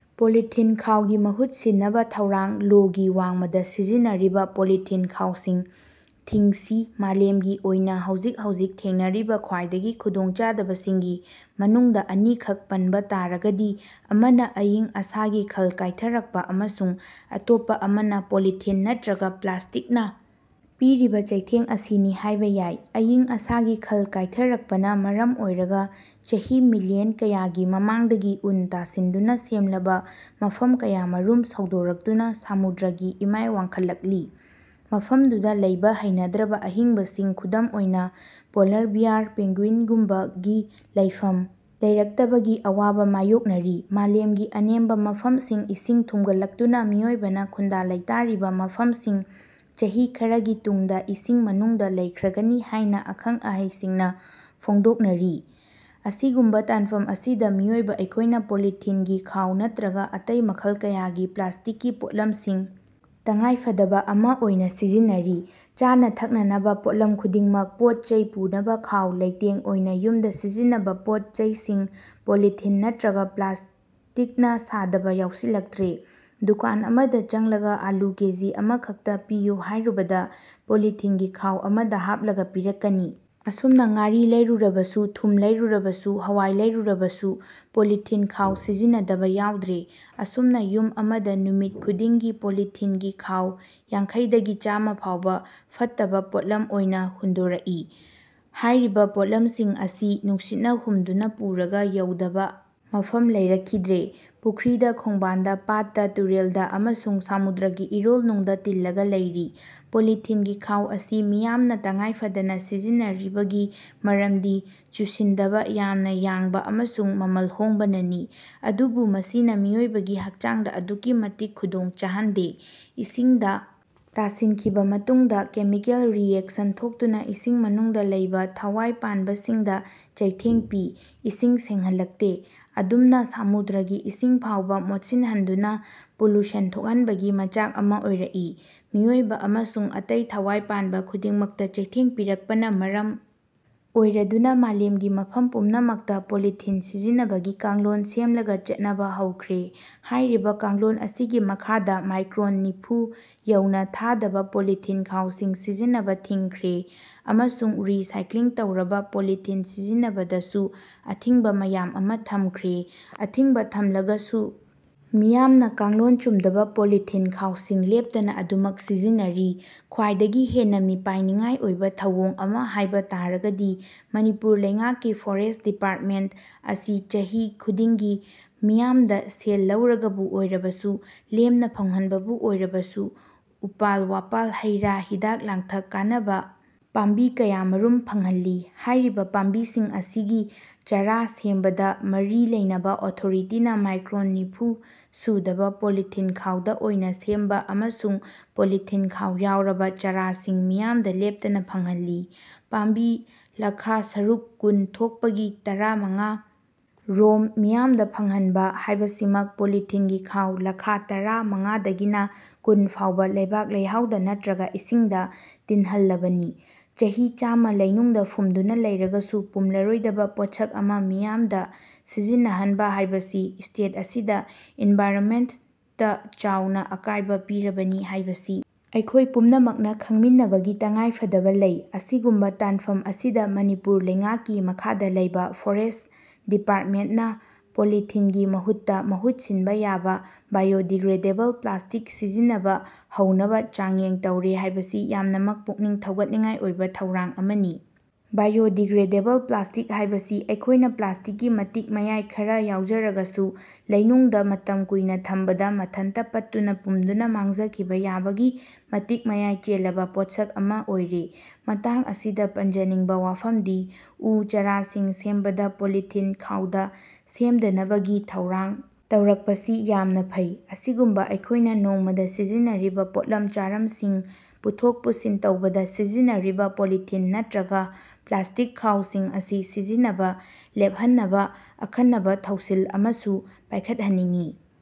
Polythene ꯈꯥꯎꯒꯤ ꯃꯍꯨꯠ ꯁꯤꯟꯅꯕ ꯊꯧꯔꯥꯡ ꯂꯣꯒꯤ ꯋꯥꯡꯃꯗ ꯁꯤꯖꯤꯟꯅꯔꯤꯕ ꯄꯣꯂꯤꯊꯤꯟ ꯈꯥꯎꯁꯤꯡ ꯊꯤꯡꯁꯤ ꯃꯥꯂꯦꯝꯒꯤ ꯑꯣꯏꯅ ꯍꯧꯖꯤꯛ ꯍꯧꯖꯤꯛ ꯊꯦꯡꯅꯔꯤꯕ ꯈ꯭ꯋꯥꯏꯗꯒꯤ ꯈꯨꯗꯣꯡꯆꯥꯗꯕꯁꯤꯡꯒꯤ ꯃꯅꯨꯡꯗ ꯑꯅꯤꯈꯛ ꯄꯟꯕ ꯇꯥꯔꯒꯗꯤ ꯑꯃꯅ ꯑꯏꯪ- ꯑꯁꯥꯒꯤ ꯈꯜ ꯀꯥꯏꯊꯔꯛꯄ ꯑꯃꯁꯨꯡ ꯑꯇꯣꯞꯄ ꯑꯃꯅ ꯄꯣꯂꯤꯊꯤꯟ ꯅꯠꯇꯔꯒ ꯄ꯭ꯂꯥꯁꯇꯤꯛꯅ ꯄꯤꯔꯤꯕ ꯆꯩꯊꯦꯡ ꯑꯁꯤꯅꯤ ꯍꯥꯏꯕ ꯌꯥꯏ꯫ ꯑꯏꯪ-ꯑꯁꯥꯒꯤ ꯈꯜ ꯀꯥꯏꯊꯔꯛꯄꯅ ꯃꯔꯝ ꯑꯣꯏꯔꯒ ꯆꯍꯤ ꯃꯤꯜꯂꯤꯌꯟ ꯀꯌꯥꯒꯤ ꯃꯃꯥꯡꯗꯒꯤ ꯎꯟꯅ ꯇꯥꯁꯤꯟꯗꯨꯅ ꯁꯦꯝꯂꯕ ꯃꯐꯝ ꯀꯌꯥꯃꯔꯨꯝ ꯁꯧꯗꯣꯔꯛꯇꯨꯅ ꯁꯃꯨꯗ꯭ꯔꯒꯤ ꯏꯃꯥꯏ ꯋꯥꯡꯈꯠꯂꯛꯂꯤ꯫ ꯃꯐꯝꯗꯨꯗ ꯂꯩꯕ ꯍꯩꯅꯗ꯭ꯔꯕ ꯑꯍꯤꯡꯕꯁꯤꯡ ꯈꯨꯗꯝ ꯑꯣꯏꯅ ꯄꯣꯜꯂꯔ ꯕꯤꯌꯥꯔ, ꯄꯦꯡꯒ꯭ꯌꯨꯏꯟꯒꯨꯝꯕꯒꯤ ꯂꯩꯐꯝ ꯂꯩꯔꯛꯇꯕꯒꯤ ꯑꯋꯥꯕ ꯃꯥꯌꯣꯛꯅꯔꯤ꯫ ꯃꯥꯂꯦꯝꯒꯤ ꯑꯅꯦꯝꯕ ꯃꯐꯝꯁꯤꯡ ꯏꯁꯤꯡ ꯊꯨꯝꯒꯠꯂꯛꯇꯨꯅ ꯃꯤꯑꯣꯏꯕꯅ ꯈꯨꯟꯗꯥ-ꯂꯩꯇꯥꯔꯤꯕ ꯃꯐꯝꯁꯤꯡ ꯆꯍꯤ ꯈꯔꯒꯤ ꯇꯨꯡꯗ ꯏꯁꯤꯡ ꯃꯅꯨꯡꯗ ꯂꯩꯈ꯭ꯔꯒꯅꯤ ꯍꯥꯏꯅ ꯑꯈꯪ-ꯑꯍꯩꯁꯤꯡꯅ ꯐꯣꯡꯗꯣꯛꯅꯔꯤ꯫ ꯑꯁꯤꯒꯨꯝꯕ ꯇꯥꯟꯐꯝ ꯑꯁꯤꯗ ꯃꯤꯑꯣꯏꯕ ꯑꯩꯈꯣꯏꯅ ꯄꯣꯂꯤꯊꯤꯟꯒꯤ ꯈꯥꯎ ꯅꯠꯇ꯭ꯔꯒ ꯑꯇꯩ ꯃꯈꯜ ꯀꯌꯥꯒꯤ ꯄ꯭ꯂꯥꯁꯇꯤꯛꯀꯤ ꯄꯣꯠꯂꯝꯁꯤꯡ ꯇꯉꯥꯏꯐꯗꯕ ꯑꯃ ꯑꯣꯏꯅ ꯁꯤꯖꯤꯟꯅꯔꯤ꯫ ꯆꯥꯅ-ꯊꯛꯅꯅꯕ ꯄꯣꯠꯂꯝ ꯈꯨꯗꯤꯡꯃꯛ, ꯄꯣꯠ-ꯆꯩ ꯄꯨꯅꯕ ꯈꯥꯎ, ꯂꯩꯇꯦꯡ ꯑꯣꯏꯅ ꯌꯨꯝꯗ ꯁꯤꯖꯤꯟꯅꯕ ꯄꯣꯠ-ꯆꯩꯁꯤꯡ ꯄꯣꯂꯤꯊꯤꯟ ꯅꯠꯇ꯭ꯔꯒ ꯄ꯭ꯂꯥꯁꯇꯤꯛꯅ ꯁꯥꯗꯕ ꯌꯥꯎꯁꯤꯜꯂꯛꯇ꯭ꯔꯦ꯫ ꯗꯨꯀꯥꯟ ꯑꯃꯗ ꯆꯪꯂꯒ ꯑꯥꯂꯨ ꯀꯦꯖꯤ ꯑꯃꯈꯛꯇ ꯄꯤꯌꯨ ꯍꯥꯏꯔꯨꯕꯗ ꯄꯣꯂꯤꯊꯤꯟꯒꯤ ꯈꯥꯎ ꯑꯃꯗ ꯍꯥꯞꯂꯒ ꯄꯤꯔꯛꯀꯅꯤ꯫ ꯑꯁꯨꯝꯅ ꯉꯥꯔꯤ ꯂꯩꯔꯨꯔꯕꯁꯨ, ꯊꯨꯝ ꯂꯩꯔꯨꯔꯕꯁꯨ, ꯍꯋꯥꯏ ꯂꯩꯔꯨꯔꯕꯁꯨ ꯄꯣꯂꯤꯊꯤꯟ ꯈꯥꯎ ꯁꯤꯖꯤꯟꯅꯗꯕ ꯌꯥꯎꯗ꯭ꯔꯦ꯫ ꯑꯁꯨꯝꯅ ꯌꯨꯝ ꯑꯃꯗ ꯅꯨꯃꯤꯠ ꯈꯨꯗꯤꯡꯒꯤ ꯄꯣꯂꯤꯊꯤꯟꯒꯤ ꯈꯥꯎ ꯌꯥꯡꯈꯩ ꯗꯒꯤ ꯆꯥꯝꯃꯥ ꯐꯥꯎꯕ ꯐꯠꯇꯕ ꯄꯣꯠꯂꯝ ꯑꯣꯏꯅ ꯍꯨꯟꯗꯣꯔꯛꯏ꯫ ꯍꯥꯏꯔꯤꯕ ꯄꯣꯠꯂꯝꯁꯤꯡ ꯑꯁꯤ ꯅꯨꯡꯁꯤꯠꯅ ꯍꯨꯝꯗꯨꯅ ꯄꯨꯔꯒ ꯌꯧꯗꯕ ꯃꯐꯝ ꯂꯩꯔꯛꯈꯤꯗ꯭ꯔꯦ꯫ ꯄꯨꯈ꯭ꯔꯤꯗ, ꯈꯣꯡꯕꯥꯟꯗ, ꯄꯥꯠꯇ, ꯇꯨꯔꯦꯜꯗ ꯑꯃꯁꯨꯡ ꯁꯃꯨꯗ꯭ꯔꯒꯤ ꯏꯔꯣꯜꯅꯨꯡꯗ ꯇꯤꯜꯂꯒ ꯂꯩꯔꯤ꯫ ꯄꯣꯂꯤꯊꯤꯟꯒꯤ ꯈꯥꯎ ꯑꯁꯤ ꯃꯤꯌꯥꯝꯅ ꯇꯉꯥꯏꯐꯗꯅ ꯁꯤꯖꯤꯟꯅꯔꯤꯕꯒꯤ ꯃꯔꯝꯗꯤ ꯆꯨꯁꯤꯟꯗꯕ, ꯌꯥꯝꯅ ꯌꯥꯡꯕ ꯑꯃꯁꯨꯡ ꯃꯃꯜ ꯍꯣꯡꯕꯅꯅꯤ꯫ ꯑꯗꯨꯕꯨ ꯃꯁꯤꯅ ꯃꯤꯑꯣꯏꯕꯒꯤ ꯍꯛꯆꯥꯡꯗ ꯑꯗꯨꯛꯀꯤ ꯃꯇꯤꯛ ꯈꯨꯗꯣꯡ ꯆꯥꯍꯟꯗꯦ꯫ ꯏꯁꯤꯡꯗ ꯇꯥꯁꯤꯟꯈꯤꯕ ꯃꯇꯨꯡꯗ ꯀꯦꯃꯤꯀꯦꯜ ꯔꯤꯌꯦꯛꯁꯟ ꯊꯣꯛꯇꯨꯅ ꯏꯁꯤꯡ ꯃꯅꯨꯡꯗ ꯂꯩꯕ ꯊꯋꯥꯏ ꯄꯥꯟꯕꯁꯤꯡꯗ ꯆꯩꯊꯦꯡ ꯄꯤ꯫ ꯏꯁꯤꯡ ꯁꯦꯡꯍꯜꯂꯛꯇꯦ꯫ ꯑꯗꯨꯝꯅ ꯁꯃꯨꯗ꯭ꯔꯒꯤ ꯏꯁꯤꯡ ꯐꯥꯎꯕ ꯃꯣꯠꯁꯤꯟꯍꯟꯗꯨꯅ ꯄꯣꯂꯨꯁꯟ ꯊꯣꯛꯍꯟꯕꯒꯤ ꯃꯆꯥꯛ ꯑꯃ ꯑꯣꯏꯔꯛꯏ꯫ ꯃꯤꯑꯣꯏꯕ ꯑꯃꯁꯨꯡ ꯑꯇꯩ ꯊꯋꯥꯏ ꯄꯥꯟꯕ ꯈꯨꯗꯤꯡꯃꯛꯇ ꯆꯩꯊꯦꯡ ꯄꯤꯔꯛꯄꯅ ꯃꯔꯝ ꯑꯣꯏꯔꯗꯨꯅ ꯃꯥꯂꯦꯝꯒꯤ ꯃꯐꯝ ꯄꯨꯝꯅꯃꯛꯇ ꯄꯣꯂꯤꯊꯤꯟ ꯁꯤꯖꯤꯟꯅꯕꯒꯤ ꯀꯥꯡꯂꯣꯟ ꯁꯦꯝꯂꯒ ꯆꯠꯅꯕ ꯍꯧꯈ꯭ꯔꯦ꯫ ꯍꯥꯏꯔꯤꯕ ꯀꯥꯡꯂꯣꯟ ꯑꯁꯤꯒꯤ ꯃꯈꯥꯗ ꯃꯥꯏꯀ꯭ꯔꯣꯟ ꯅꯤꯐꯨ ꯌꯧꯅ ꯊꯥꯗꯕ ꯄꯣꯂꯤꯊꯤꯟ ꯈꯥꯎꯁꯤꯡ ꯁꯤꯖꯤꯟꯅꯕ ꯊꯤꯡꯈ꯭ꯔꯦ ꯑꯃꯁꯨꯡ ꯔꯤ-ꯁꯥꯏꯀ꯭ꯂꯤꯡ ꯇꯧꯔꯕ ꯄꯣꯂꯤꯊꯤꯟ ꯁꯤꯖꯤꯟꯅꯕꯗꯁꯨ ꯑꯊꯤꯡꯕ ꯃꯌꯥꯝ ꯑꯃ ꯊꯝꯈ꯭ꯔꯦ꯫ ꯑꯊꯤꯡꯕ ꯊꯝꯂꯒꯁꯨ ꯃꯤꯌꯥꯝꯅ ꯀꯥꯡꯂꯣꯟ ꯆꯨꯝꯗꯕ ꯄꯣꯂꯤꯊꯤꯟ ꯈꯥꯎꯁꯤꯡ ꯂꯦꯞꯇꯅ ꯑꯗꯨꯝꯃꯛ ꯁꯤꯖꯤꯟꯅꯔꯤ꯫ ꯈ꯭ꯋꯥꯏꯗꯒꯤ ꯍꯦꯟꯅ ꯃꯤꯄꯥꯏꯅꯤꯡꯉꯥꯏ ꯑꯣꯏꯕ ꯊꯧꯑꯣꯡ ꯑꯃ ꯍꯥꯏꯕ ꯇꯥꯔꯒꯗꯤ ꯃꯅꯤꯄꯨꯔ ꯂꯩꯉꯥꯛꯀꯤ ꯐꯣꯔꯦꯁꯠ ꯗꯤꯄꯥꯔꯠꯃꯦꯟꯠꯅ ꯆꯍꯤ ꯈꯨꯗꯤꯡꯒꯤ ꯃꯤꯌꯥꯝꯗ ꯁꯦꯜ ꯂꯧꯔꯒꯕꯨ ꯑꯣꯏꯔꯕꯁꯨ, ꯂꯦꯝꯅ ꯐꯪꯍꯟꯕꯕꯨ ꯑꯣꯏꯔꯕꯁꯨ ꯎꯄꯥꯜ-ꯋꯥꯄꯥꯜ, ꯍꯩ-ꯔꯥ, ꯍꯤꯗꯥꯛ-ꯂꯥꯡꯊꯛ ꯀꯥꯟꯅꯕ ꯄꯥꯝꯕꯤ ꯀꯌꯥꯃꯔꯨꯝ ꯐꯪꯍꯜꯂꯤ꯫ ꯍꯥꯏꯔꯤꯕ ꯄꯥꯝꯕꯤꯁꯤꯡ ꯑꯁꯤꯒꯤ ꯆꯥꯔꯥ ꯁꯦꯝꯕꯗ ꯃꯔꯤ ꯂꯩꯅꯕ ꯑꯣꯊꯣꯔꯤꯇꯤꯅ ꯃꯥꯏꯀ꯭ꯔꯣꯟ ꯅꯤꯐꯨ ꯁꯨꯗꯕ ꯄꯣꯂꯤꯊꯤꯟ ꯈꯥꯎꯗ ꯑꯣꯏꯅ ꯁꯦꯝꯕ ꯑꯃꯁꯨꯡ ꯄꯣꯂꯤꯊꯤꯟ ꯈꯥꯎ ꯌꯥꯎꯔꯕ ꯆꯥꯔꯥꯁꯤꯡ ꯃꯤꯌꯥꯝꯗ ꯂꯦꯞꯇꯅ ꯐꯪꯍꯜꯂꯤ꯫ ꯄꯥꯝꯕꯤ ꯂꯥꯈ ꯁꯔꯨꯛ ꯀꯨꯟ ꯊꯣꯛꯄꯒꯤ ꯇꯔꯥ ꯃꯉꯥ ꯔꯣꯝ ꯃꯤꯌꯥꯝꯗ ꯐꯪꯍꯟꯕ ꯍꯥꯏꯕꯁꯤꯃꯛ ꯄꯣꯂꯤꯊꯤꯟꯒꯤ ꯈꯥꯎ ꯂꯥꯈ ꯇꯔꯥ ꯃꯉꯥꯗꯒꯤꯅ ꯀꯨꯟ ꯐꯥꯎꯕ ꯂꯩꯕꯥꯛ-ꯂꯩꯍꯥꯎꯗ ꯅꯠꯇ꯭ꯔꯒ ꯏꯁꯤꯡꯗ ꯇꯤꯟꯍꯜꯂꯕꯅꯤ꯫ ꯆꯍꯤ ꯆꯥꯝꯃ ꯂꯩꯅꯨꯡꯗ ꯐꯨꯝꯗꯨꯅ ꯂꯩꯔꯒꯁꯨ ꯄꯨꯝꯂꯔꯣꯏꯗꯕ ꯄꯣꯠꯁꯛ ꯑꯃ ꯃꯤꯌꯥꯝꯗ ꯁꯤꯖꯤꯟꯅꯍꯟꯕ ꯍꯥꯏꯕꯁꯤ ꯁ꯭ꯇꯦꯠ ꯑꯁꯤꯗ ꯏꯟꯚꯥꯏꯔꯣꯟꯃꯦꯟꯠꯇ ꯆꯥꯎꯅ ꯑꯀꯥꯏꯕ ꯄꯤꯔꯕꯅꯤ ꯍꯥꯏꯕꯁꯤ ꯑꯩꯈꯣꯏ ꯄꯨꯝꯅꯃꯛꯅ ꯈꯪꯃꯤꯟꯅꯕꯒꯤ ꯇꯉꯥꯏꯐꯗꯕ ꯂꯩ꯫ ꯑꯁꯤꯒꯨꯝꯕ ꯇꯥꯟꯐꯝ ꯑꯁꯤꯗ ꯃꯅꯤꯄꯨꯔ ꯂꯩꯉꯥꯛꯀꯤ ꯃꯈꯥꯗ ꯂꯩꯕ ꯐꯣꯔꯦꯁꯠ ꯗꯤꯄꯥꯔꯠꯃꯦꯟꯠꯅ ꯄꯣꯂꯤꯊꯤꯟꯒꯤ ꯃꯍꯨꯠꯇ ꯃꯍꯨꯠ ꯁꯤꯟꯕ ꯌꯥꯕ ꯕꯥꯏꯑꯣ ꯗꯤꯒ꯭ꯔꯦꯗꯦꯕꯜ ꯄ꯭ꯂꯥꯁꯇꯤꯛ ꯁꯤꯖꯤꯟꯅꯕ ꯍꯧꯅꯕ ꯆꯥꯡꯌꯦꯡ ꯇꯧꯔꯦ ꯍꯥꯏꯕꯁꯤ ꯌꯥꯝꯅꯃꯛ ꯄꯨꯛꯅꯤꯡ ꯊꯧꯒꯠꯅꯤꯡꯉꯥꯏ ꯑꯣꯏꯕ ꯊꯧꯔꯥꯡ ꯑꯃꯅꯤ꯫ ꯕꯥꯏꯑꯣ ꯗꯤꯒ꯭ꯔꯦꯗꯦꯕꯜ ꯄ꯭ꯂꯥꯁꯇꯤꯛ ꯍꯥꯏꯕꯁꯤ ꯑꯩꯈꯣꯏꯅ ꯄ꯭ꯂꯥꯁꯇꯤꯛꯀꯤ ꯃꯇꯤꯛ-ꯃꯌꯥꯏ ꯈꯔ ꯌꯥꯎꯖꯔꯒꯁꯨ ꯂꯩꯅꯨꯡꯗ ꯃꯇꯝ ꯀꯨꯏꯅ ꯊꯝꯕꯗ ꯃꯊꯟꯇ ꯄꯠꯇꯨꯅ-ꯄꯨꯝꯗꯨꯅ ꯃꯥꯡꯖꯈꯤꯕ ꯌꯥꯕꯒꯤ ꯃꯇꯤꯛ-ꯃꯌꯥꯏ ꯆꯦꯜꯂꯕ ꯄꯣꯠꯁꯛ ꯑꯃ ꯑꯣꯏꯔꯦ꯫ ꯃꯇꯥꯡ ꯑꯁꯤꯗ ꯄꯟꯖꯅꯤꯡꯕ ꯋꯥꯐꯝꯗꯤ ꯎ ꯆꯥꯔꯥꯁꯤꯡ ꯁꯦꯝꯕꯗ ꯄꯣꯂꯤꯊꯤꯟ ꯈꯥꯎꯗ ꯁꯦꯝꯗꯅꯕꯒꯤ ꯊꯧꯔꯥꯡ ꯇꯧꯔꯛꯄꯁꯤ ꯌꯥꯝꯅ ꯐꯩ꯫ ꯑꯁꯤꯒꯨꯝꯅ ꯑꯩꯈꯣꯏꯅ ꯅꯣꯡꯃꯗ ꯁꯤꯖꯤꯟꯅꯔꯤꯕ ꯄꯣꯠꯂꯝ ꯆꯥꯔꯝꯁꯤꯡ ꯄꯨꯊꯣꯛ-ꯄꯨꯁꯤꯟ ꯇꯧꯕꯗ ꯁꯤꯖꯤꯟꯅꯔꯤꯕ ꯄꯣꯂꯤꯊꯤꯟ ꯅꯠꯇꯔꯒ ꯄ꯭ꯂꯥꯁꯇꯤꯛ ꯈꯥꯎꯁꯤꯡ ꯑꯁꯤ ꯁꯤꯖꯤꯟꯅꯕ ꯂꯦꯞꯍꯟꯅꯕ ꯑꯈꯟꯅꯕ ꯊꯧꯁꯤꯜ ꯑꯃꯁꯨ ꯄꯥꯏꯈꯠꯍꯟꯅꯤꯡꯏ꯫